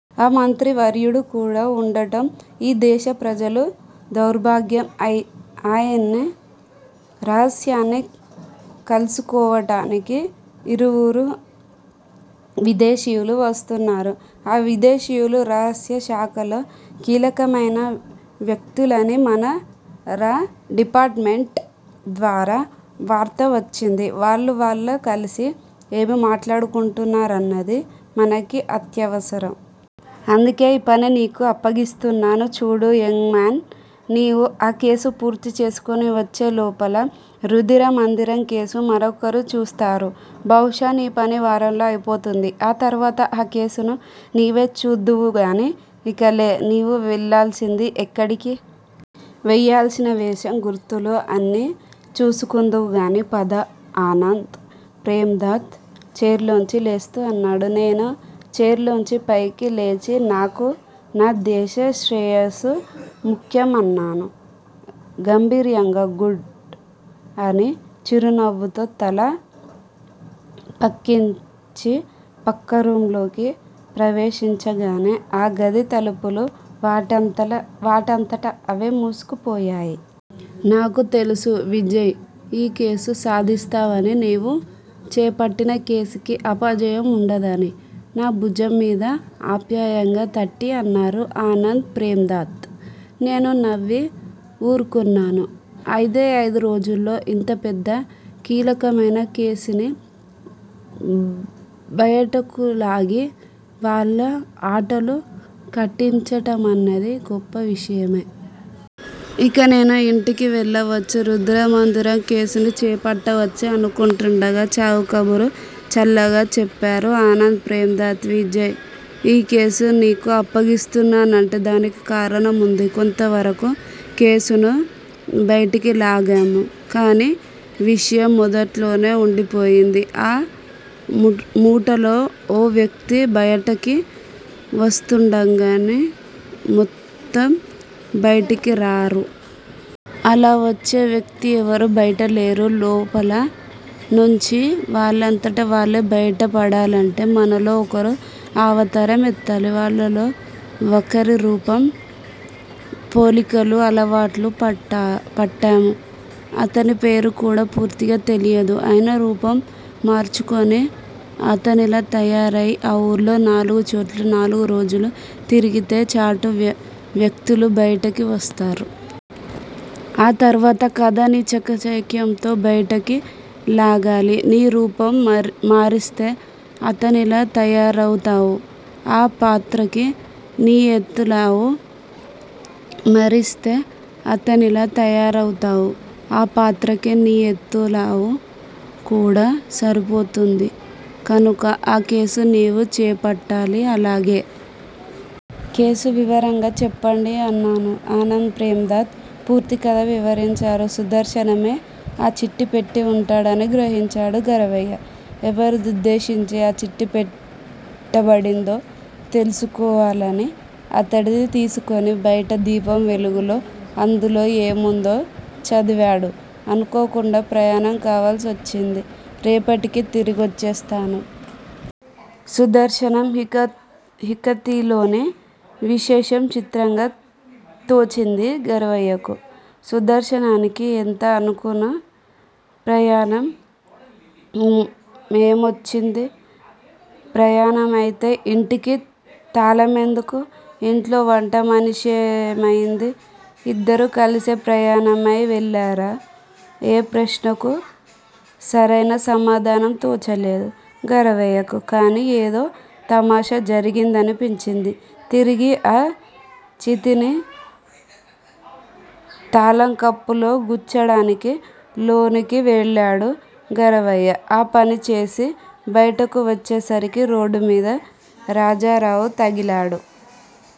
ఆ మంత్రివర్యుడు కూడా వుండటం యీ దేశ ప్రజలు దౌర్భాగ్యం. ఆయన్ని రహస్యంన్ని కల్సుకోవటానికి ఇరువురు విదేశీయులు వస్తున్నారు. ఆ విదేశీయులు రహస్య శాఖలో కీలకమైన వ్యక్తులని మన రా డిపార్టుమెంట్ ద్వారా వార్త వచ్చింది. వాళ్ళూ వాళ్ళూ కలిసి ఏమి మాట్లాడుకుంటున్నారన్నది మనకి అత్యవసరం. అందుకే యీ పని నీకు అప్పగిస్తున్నాను. చూడు యంగ్ మాన్! నీవు ఆ కేసు పూర్తి చేసుకుని వచ్చే లోపల రుధిరమందిరం కేసు మరొకరు చూస్తారు. బహుశా నీ పని వారంలో అయిపోతుంది. ఆ తర్వాత ఆ కేసును నీవే చూద్దువుగాని. ఇంక లే నీవు వెళ్ళాల్సింది ఎక్కడికి. వేయాల్సిన వేషం, గుర్తులు అన్నీ చూసుకుందువుగాని పద. ఆనంద్ ప్రేమ్ దత్ ఛెయిర్లోంచి లేస్తూ అన్నాడు. నేను ఛెయిర్ లోంచి పైకి లేచి నాకు నా దేశ శ్రేయస్సు ముఖ్యం అన్నాను గంభీర్యంగా. గుడ్! అని చిరునవ్వుతో తల పంక్కించి పక్క రూమ్ లోకి ప్రవేశించగానే ఆ గది తలుపులు వాటంతల వాటంతట అవే మూసుకుపోయాయి. నాకు తెలుసు విజయ్! యీ కేసు సాధిస్తావని నీవు చేపట్టిన కేసుకి అపజయం వుండదని. నా భుజం మీద ఆప్యాయంగా తట్టి అన్నారు ఆనంద్ ప్రేమ్దత్. నేను నవ్వి ఊరుకున్నాను. అయిదే అయిదు రోజుల్లో ఇంత పెద్ద కీలకమైన కేసుని బయటకులాగి వాళ్ళ ఆటలు కట్టించటమన్నది గొప్ప విషయమే. ఇంక నేను ఇంటికి వెళ్ళవచ్చు, రుధిరమందారం కేసుని చేపట్టవచ్చు అనుకుంటుండగా చావుకబురు చల్లగా చెప్పారు ఆనంద్ ప్రేమ్దత్. విజయ్! యీ కేసు నీకు అప్పగిస్తున్నానంటే దానికి కారణం వుంది. కొంత వరకు కేసును బైటికి లాగాము. కాని విషయం మొదట్లోనే వుండిపోయింది. ఆ ముఠాలో ఓ వ్యక్తి బయటికి వస్తుంన్డగానే మొత్తం బయటికి రారు. అలా వచ్చే వ్యక్తి ఎవరూ బయటలేరు. లోపల నుంచి వాళ్ళంతట వాళ్ళే బయటపడాలంటే మనలో ఒకరు ఆ అవతారం ఎత్తాలి. వాళ్ళలో ఒకరి రూపం పోలికలు అలవాట్లు పట్టాము. అతని పేరు కూడా పూర్తిగా తెలియదు. అయినా రూపం మార్చుకుని అతనిలా తయారయి ఆ ఊర్లో నాలుగు చోట్ల నాలుగు రోజులు తిరిగితే చాటు వ్యక్తులు బయటకి వస్తారు. ఆ తర్వాత కధ నీ చాకచక్యంతో బయటకి లాగాలి. నీ రూపం మారిస్తే అతనిలా తయారవుతావు. ఆ పాత్రకి నీ ఎత్తు లావు మారిస్తే అతనిలా తయారవుతావు. ఆ పాత్రకి నీ ఎత్తు లావు కూడా సరిపోతుంది. కనుక ఆ కేసు నీవు చేపట్టాలి. అలాగే. కేసు వివరంగా చెప్పండి అన్నాను. ఆనంద్ ప్రేమ్దత్ పూర్తి కథ వివరించారు. సుదర్శనమే ఆ చీట్టి పేట్టి ఉంటాడని గ్రహించాడు గరవయ్య. ఎవరినుద్దేశించి ఆ చీట్టి పెట్టబడిందో తెలుసు కోవాలని అతడిదితీసుకుని, బయట దీపం వెలుగులో అందులో ఏముందో చదివాడు. అనుకోకుండా ప్రయాణం కవలసోచ్చింది రేపటికి తిరిగొచ్చేస్తాను. సుదర్శనం హీకతిలోని విశేషం చిత్రంగా తోచింది గరవయ్యకు. సుదర్శనానికి ఎంత అనుకొన ప్రయాణ మేమొచ్చింది? ప్రయాణమయితే ఇంటికి తాలమెందుకు? ఇంట్లో వంటమనిషేమైంది? ఇద్దరూ కలిసే ప్రయాణమై వెళ్ళారా? ఏ ప్రశ్నకూ సరయిన సమాధానం తోచలేదు. గరవయ్యకు కానీ ఏదో తమాషా జరిగిందనిపించింది. తిరిగి ఆ చీతిని తాళంకప్పులో గుచ్చడానికి లోనికి వెళ్ళాడు గరవయ్య ఆ పని చేసి బయటకు వచ్చేసరికి, రోడ్డుమీద రాజారావు తగిలాడు.